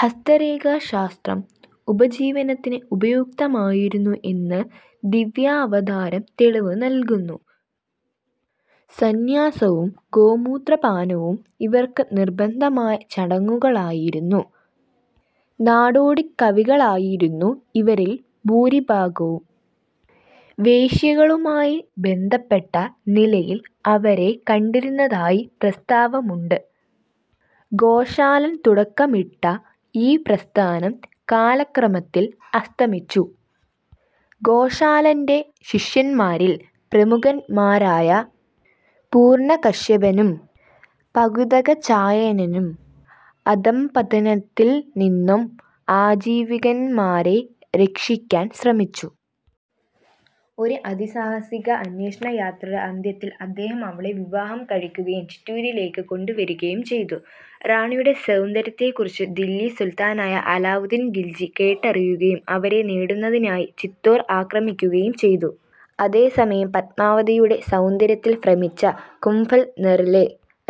ഹസ്തരേഖാശാസ്ത്രം ഉപജീവനത്തിന് ഉപയുക്തമായിരുന്നു എന്ന് ദിവ്യാവതാരം തെളിവു നല്കുന്നു. സന്ന്യാസവും ഗോമൂത്രപാനവും ഇവർക്ക് നിർബന്ധമായ ചടങ്ങുകളായിരുന്നു. നാടോടിക്കവികളായിരുന്നു ഇവരിൽ ഭൂരിഭാഗവും. വേശ്യകളുമായി ബന്ധപ്പെട്ട നിലയിൽ അവരെ കണ്ടിരുന്നതായി പ്രസ്താവമുണ്ട്. ഗോശാലൻ തുടക്കമിട്ട ഈ പ്രസ്ഥാനം കാലക്രമത്തിൽ അസ്തമിച്ചു. ഗോശാലന്റെ ശിഷ്യൻമാരിൽ പ്രമുഖൻമാരായ പൂർണകശ്യപനും പകുധകഛായനനും അധഃപതനത്തിൽനിന്നും ആജീവികൻമാരെ രക്ഷിക്കാൻ ശ്രമിച്ചു. ഒരു അതിസാഹസിക അന്വേഷണ യാത്രയുടെ അന്ത്യത്തിൽ അദ്ദേഹം അവളെ വിവാഹം കഴിക്കുകയും ചിറ്റൂരിലേക്ക് കൊണ്ടുവരികയും ചെയ്തു. റാണിയുടെ സൌന്ദര്യത്തെക്കുറിച്ചു ദില്ലി സുൽത്താനായ അലാവുദ്ദീൻ ഖിൽജി കേട്ടറിയുകയും അവരെ നേടുന്നതിനായി ചിത്തോർ ആക്രമിക്കുകയും ചെയ്തു. അതേസമയം, പത്മാവതിയുടെ സൗന്ദര്യത്തിൽ ഭ്രമിച്ച കുംഭൽനെറിലെ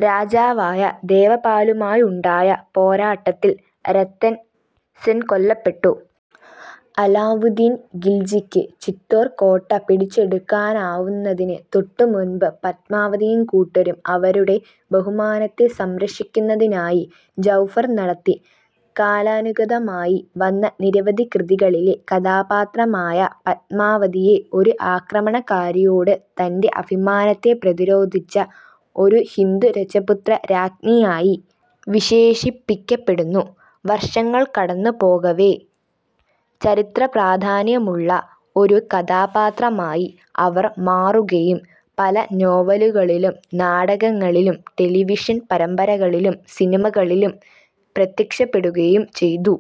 രാജാവായ ദേവപാലുമായുണ്ടായ പോരാട്ടത്തിൽ രത്തൻ സെൻകൊല്ലപ്പെട്ടു. അലാവുദ്ദീൻ ഖിൽജിക്ക് ചിത്തോർ കോട്ട പിടിച്ചെടുക്കാനാവുന്നതിന് തൊട്ടുമുമ്പ് പത്മാവതിയും കൂട്ടരും അവരുടെ ബഹുമാനത്തെ സംരക്ഷിക്കുന്നതിനായി ജൗഹർ നടത്തി. കാലാനുഗതമായി വന്ന നിരവധി കൃതികളിലെ കഥാപാത്രമായ പത്മാവതിയെ, ഒരു ആക്രമണകാരിയോട് തന്റെ അഭിമാനത്തെ പ്രതിരോധിച്ച ഒരു ഹിന്ദു രജപുത്ര രാജ്ഞിയായി വിശേഷിപ്പിക്കപ്പെടുന്നു. വർഷങ്ങൾ കടന്നു പോകവേ, ചരിത്രപ്രാധാന്യമുള്ള ഒരു കഥാപാത്രമായി അവർ മാറുകയും പല നോവലുകളിലും നാടകങ്ങളിലും ടെലിവിഷൻ പരമ്പരകളിലും സിനിമകളിലും പ്രത്യക്ഷപ്പെടുകയും ചെയ്തു.